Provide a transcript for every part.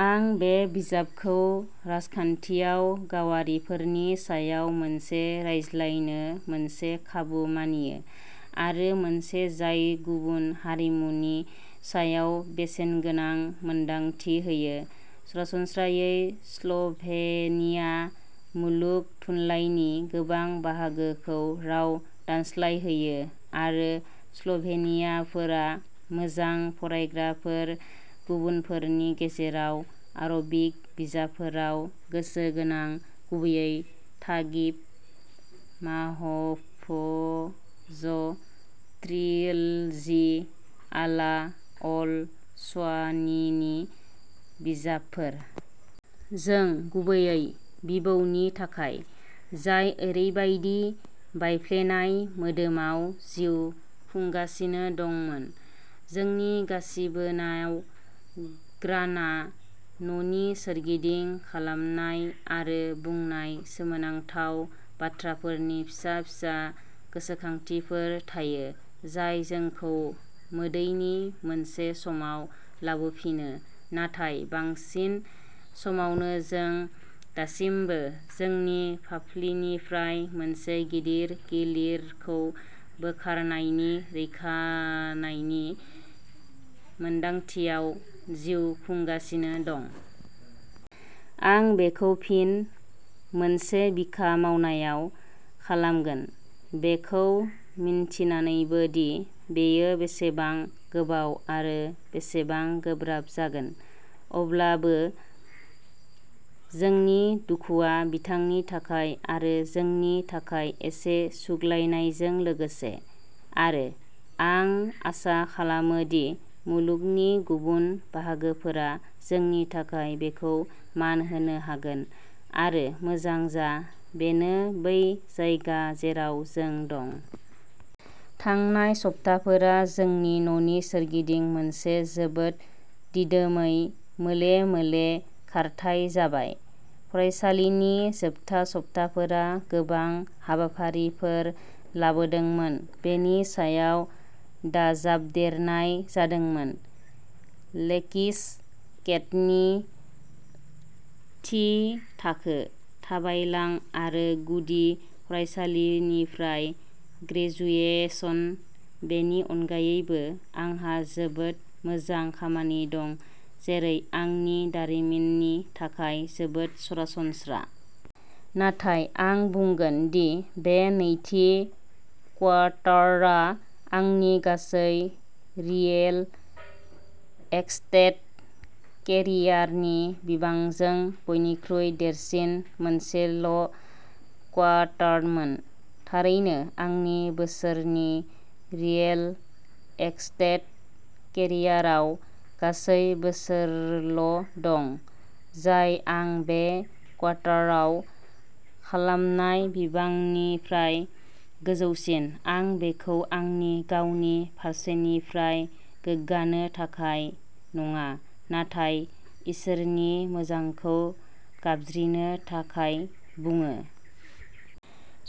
आं बे बिजाबखौ राजखान्थियाव गावारिफोरनि सायाव मोनसे रायज्लायनो मोनसे खाबु मानियो, आरो मोनसे जाय गुबुन हारिमुनि सायाव बेसेनगोनां मोनदांथि होयो। सरासनस्रायै, स्ल'भेनिया मुलुग थुनलाइनि गोबां बाहागोखौ राव दानस्लायहोयो, आरो स्ल'भेनियानफोरा मोजां फरायग्राफोर, गुबुनफोरनि गेजेराव आरबिक बिजाबफोराव गोसो गोनां, गुबैयै नागिब माहफ'ज ट्रिलजि, आला अल अस्वानीनि बिजाबफोर। जों; गुबैयै बिबौनि थाखाय, जाय ओरैबायदि बायफ्लेनाय मोदोमाव जिउ खुंगासिनो दंमोन। जोंनि गासिबोनाव ग्रानआ न'नि सोरगिदिं खालामनाय आरो बुंनाय सोमोनांथाव बाथ्राफोरनि फिसा-फिसा गोसोखांथिफोर थायो, जाय जोंखौ मोदैनि मोनसे समाव लाबोफिनो। नाथाय, बांसिन समावनो जों दासिमबो जोंनि फाफ्लिनिफ्राय मोनसे गिदिर गिलिरखौ बोखारनायनि रैखानायनि मोनदांथियाव जिउ खुंगासिनो दं। आं बेखौ फिन मोनसे बिखा मावनायाव खालामगोन, बेखौ मिन्थिनानैबो दि बेयो बेसेबां गोबाव आरो बेसेबां गोब्राब जागोन। अब्लाबो, जोंनि दुखुआ बिथांनि थाखाय आरो जोंनि थाखाय एसे सुग्लायनायजों लोगोसे। आरो, आं आसा खालामो दि मुलुगनि गुबुन बाहागोफोरा जोंनि थाखाय बेखौ मान होनो हागोन, आरो मोजां जा, बेनो बै जायगा जेराव जों दं। थांनाय सप्ताफोरा जोंनि न'नि सोरगिदिं मोनसे जोबोद दिदोमै मोले-मोले खारथाय जाबाय। फरायसालिनि जोबथा सप्ताफोरा गोबां हाबाफारिफोर लाबोदोंमोन, बेनि सायाव दाजाबदेरनाय जादोंमोन लेक्सि केटनि थि थाखो। थाबायलां, आरो गुदि फरायसालिनिफ्राय ग्रेजुएशन। बेनि अनगायैबो, आंहा जोबोद मोजां खामानि दं, जेरै आंनि दारिमिननि थाखाय जोबोद सरासनस्रा। नाथाय, आं बुंगोन दि बे नैथि क्वार्टारआ आंनि गासै रिएल एस्टेट केरियारनि बिबांजों बयनिख्रुइ देरसिन मोनसेल'क्वार्टारमोन। थारैनो, आंनि बोसोरनि रिएल एस्टेट केरियाराव गासै बोसोरल'दं जाय आं बे क्वार्टारआव खालामनाय बिबांनिफ्राय गोजौसिन। आं बेखौ आंनि गावनि फारसेनिफ्राय गोग्गानो थाखाय नङा, नाथाय इसोरनि मोजांखौ गाबज्रिनो थाखाय बुङो।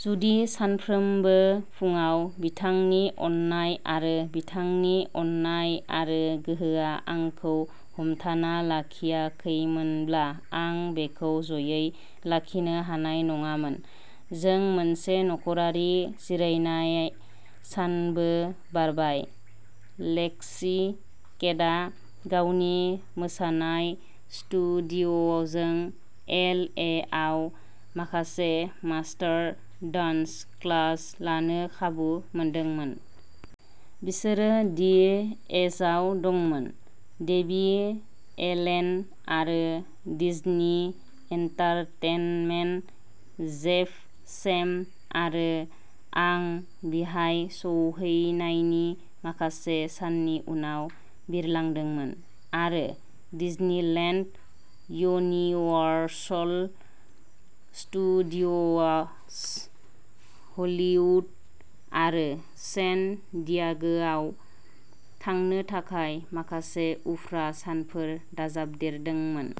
जुदि सानफ्रोमबो फुंआव बिथांनि अननाय आरो बिथांनि अननाय आरो गोहोआ आंखौ हमथाना लाखियाखैमोनब्ला आं बेखौ ज'यै लाखिनो हानाय नङामोन। जों मोनसे नख'रारि जिरायनाय सानबो बारबाय। लेक्सि केटआ गावनि मोसानाय स्टुडिय'जों एल. ए. आव माखासे मास्टार डान्स क्लास लानो खाबु मोनदोंमोन। बिसोरो दि एजआव दंमोन। डेबी एलेन, आरो डिज्नी एन्टारटेनमेन्ट। जेफ, सेम, आरो आं बिहाय सौहैनायनि माखासे साननि उनाव बिरलांदोंमोन, आरो डिज्नीलेन्ड, यूनिवर्सल स्टुडिय'ज हलीवुड, आरो सेन डियागोआव थांनो थाखाय माखासे उफ्रा सानफोर दाजाबदेरदोंमोन।